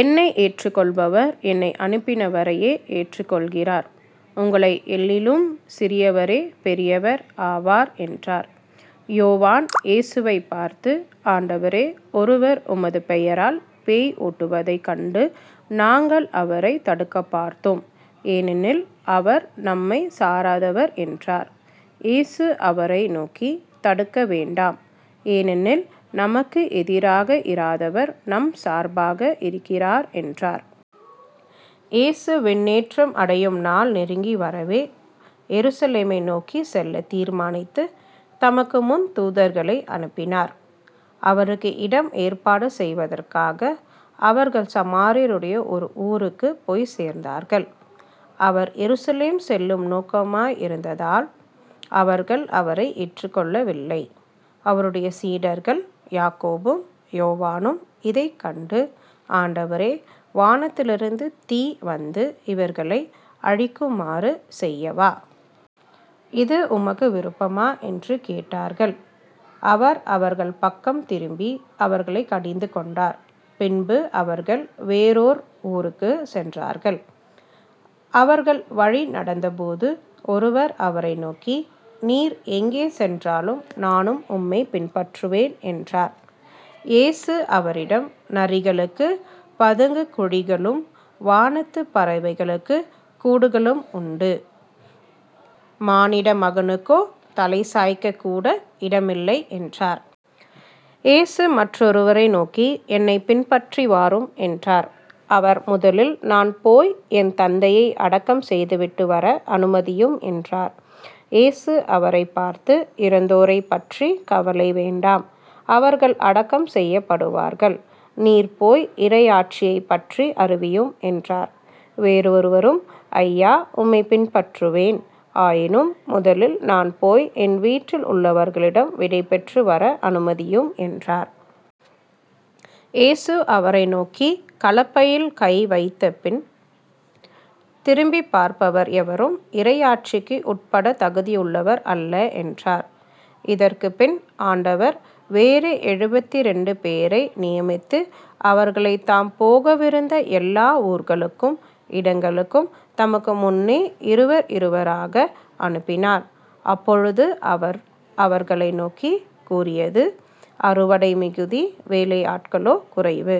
என்னை ஏற்றுக்கொள்பவர் என்னை அனுப்பினவரையே ஏற்றுக் கொள்கிறார். உங்கள் எல்லிலும் சிறியவரே பெரியவர் ஆவார் என்றார். யோவான் இயேசுவைப் பார்த்து ஆண்டவரே ஒருவர் உமது பெயரால் பேய் ஓட்டுவதைக் கண்டு நாங்கள் அவரைத் தடுக்கப்பார்த்தோம் ஏனெனில் அவர் நம்மைச் சாராதவர் என்றார். இயேசு அவரை நோக்கி தடுக்க வேண்டாம் ஏனெனில் நமக்கு எதிராக இராதவர் நம் சார்பாக இருக்கிறார் என்றார். இயேசு விண்ணேற்றம் அடையும் நாள் நெருங்கி வரவே எருசலேமை நோக்கிச் செல்லத் தீர்மானித்து, தமக்கு முன் தூதர்களை அனுப்பினார். அவருக்கு இடம் ஏற்பாடு செய்வதற்காக அவர்கள் சமாரியருடைய ஓர் ஊருக்குப் போய்ச் சேர்ந்தவர்கள். அவர் எருசலேம் செல்லும் நோக்கமாயிருந்ததால் அவர்கள் அவரை ஏற்றுக் கொள்ளவில்லை. அவருடைய சீடர்கள் யாக்கோபும் யோவானும் இதைக் கண்டு ஆண்டவரே வானத்திலிருந்து தீ வந்து இவர்களை அழிக்குமாறு செய்யவா? இது உமக்கு விருப்பமா? என்று கேட்டார்கள். அவர் அவர்கள் பக்கம் திரும்பி, அவர்களைக் கடிந்து கொண்டார். பின்பு அவர்கள் வேறோர் ஊருக்குச் சென்றார்கள். அவர்கள் வழி நடந்தபோது ஒருவர் அவரை நோக்கி நீர் எங்கே சென்றாலும் நானும் உம்மைப் பின்பற்றுவேன் என்றார். இயேசு அவரிடம் நரிகளுக்குப் பதுங்குக் குழிகளும் வானத்துப் பறவைகளுக்குக் கூடுகளும் உண்டு மானிடமகனுக்கோ தலை சாய்க்கக்கூட இடமில்லை என்றார். இயேசு மற்றொருவரை நோக்கி என்னைப் பின்பற்றிவாரும் என்றார். அவர் முதலில் நான் போய் என் தந்தையை அடக்கம் செய்துவிட்டுவர அனுமதியும் என்றார். இயேசு அவரைப் பார்த்து இறந்தோரைப் பற்றிக் கவலை வேண்டாம். அவர்கள் அடக்கம் செய்யப்படுவார்கள். நீர் போய் இறையாட்சியைப் பற்றி அறிவியும் என்றார். வேறொருவரும் ஐயா உம்மைப் பின்பற்றுவேன் ஆயினும் முதலில் நான் போய் என் வீட்டில் உள்ளவர்களிடம் விடைபெற்று வர அனுமதியும் என்றார். இயேசு அவரை நோக்கி கலப்பையில் கை வைத்தபின் திரும்பிப் பார்ப்பவர் எவரும் இறையாட்சிக்கு உட்படத் தகுதியுள்ளவர் அல்ல என்றார். இதற்குப்பின் ஆண்டவர் வேறு எழுபத்திரண்டு பேரை நியமித்து அவர்களைத் தாம் போகவிருந்த எல்லா ஊர்களுக்கும் இடங்களுக்கும் தமக்கு முன்னே இருவர் இருவராக அனுப்பினார். அப்போது அவர் அவர்களை நோக்கிக் கூறியது அறுவடை மிகுதி வேலையாள்களோ குறைவு.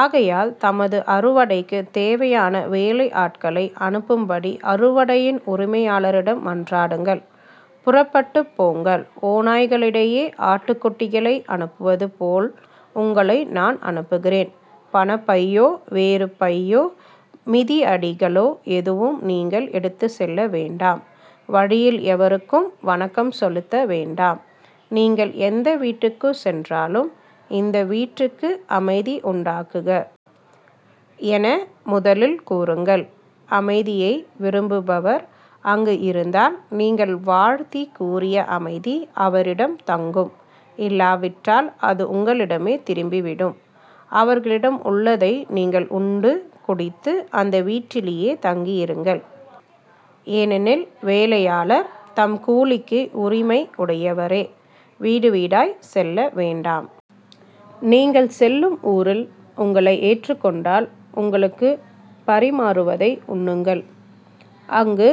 ஆகையால் தமது அறுவடைக்குத் தேவையான வேலையாள்களை அனுப்பும்படி அறுவடையின் உரிமையாளரிடம் மன்றாடுங்கள். புறப்பட்டுப் போங்கள் ஓநாய்களிடையே ஆட்டுக் குட்டிகளை அனுப்புவதுபோல் உங்களை நான் அனுப்புகிறேன். பணப்பையோ வேறு பையோ மிதியடிகளோ எதுவும் நீங்கள் எடுத்துச் செல்ல வேண்டாம் வழியில் எவருக்கும் வணக்கம் செலுத்த வேண்டாம். நீங்கள் எந்த வீட்டுக்குள் சென்றாலும் இந்த வீட்டுக்கு அமைதி உண்டாகுக. என முதலில் கூறுங்கள். அமைதியை விரும்புபவர் அங்கு இருந்தால், நீங்கள் வாழ்த்திக் கூறிய அமைதி அவரிடம் தங்கும் இல்லாவிட்டால் அது உங்களிடமே திரும்பிவிடும். அவர்களிடம் உள்ளதை நீங்கள் உண்டு குடித்து அந்த வீட்டிலேயே தங்கியிருங்கள். ஏனெனில் வேலையாளர் தம் கூலிக்கு உரிமை உடையவரே. வீடுவீடாய்ச் செல்ல வேண்டாம். நீங்கள் செல்லும் ஊரில் உங்களை ஏற்றுக்கொண்டால் உங்களுக்குப் பரிமாறுவதை உண்ணுங்கள். அங்கு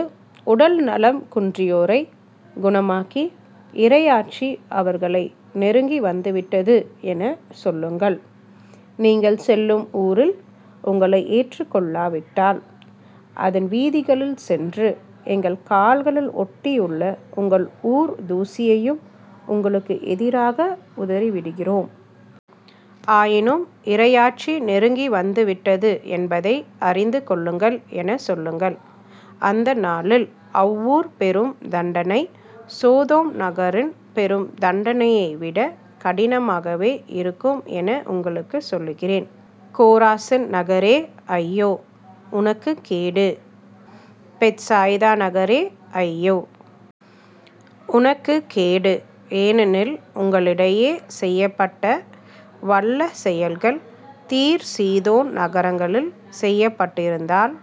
உடல் நலம் குன்றியோரைக் குணமாக்கி இறையாட்சி அவர்களை நெருங்கி வந்துவிட்டது எனச் சொல்லுங்கள். நீங்கள் செல்லும் ஊரில் உங்களை ஏற்றுக் கொள்ளாவிட்டால் அதன் வீதிகளில் சென்று எங்கள் கால்களில் ஒட்டியுள்ள உங்கள் ஊர்த் தூசியையும் உங்களுக்கு எதிராக உதறிவிடுகிறோம். ஆயினும் இறையாட்சி நெருங்கி வந்து விட்டது என்பதை அறிந்து கொள்ளுங்கள் எனச் சொல்லுங்கள். அந்த நாளில் அவ்வூர் பெறும் தண்டனை சோதோம் நகரினர் பெறும் தண்டனையை விட கடினமாகவே இருக்கும் என உங்களுக்குச் சொல்லுகிறேன். கொராசின் நகரே ஐயோ. உனக்குக் கேடு. பெத்சாய்தா நகரே ஐயோ. உனக்குக் கேடு. ஏனெனில் உங்களிடையே செய்யப்பட்ட வல்ல செயல்கள் தீர் சீதோன் நகரங்களில் செய்யப்பட்டிருந்தால்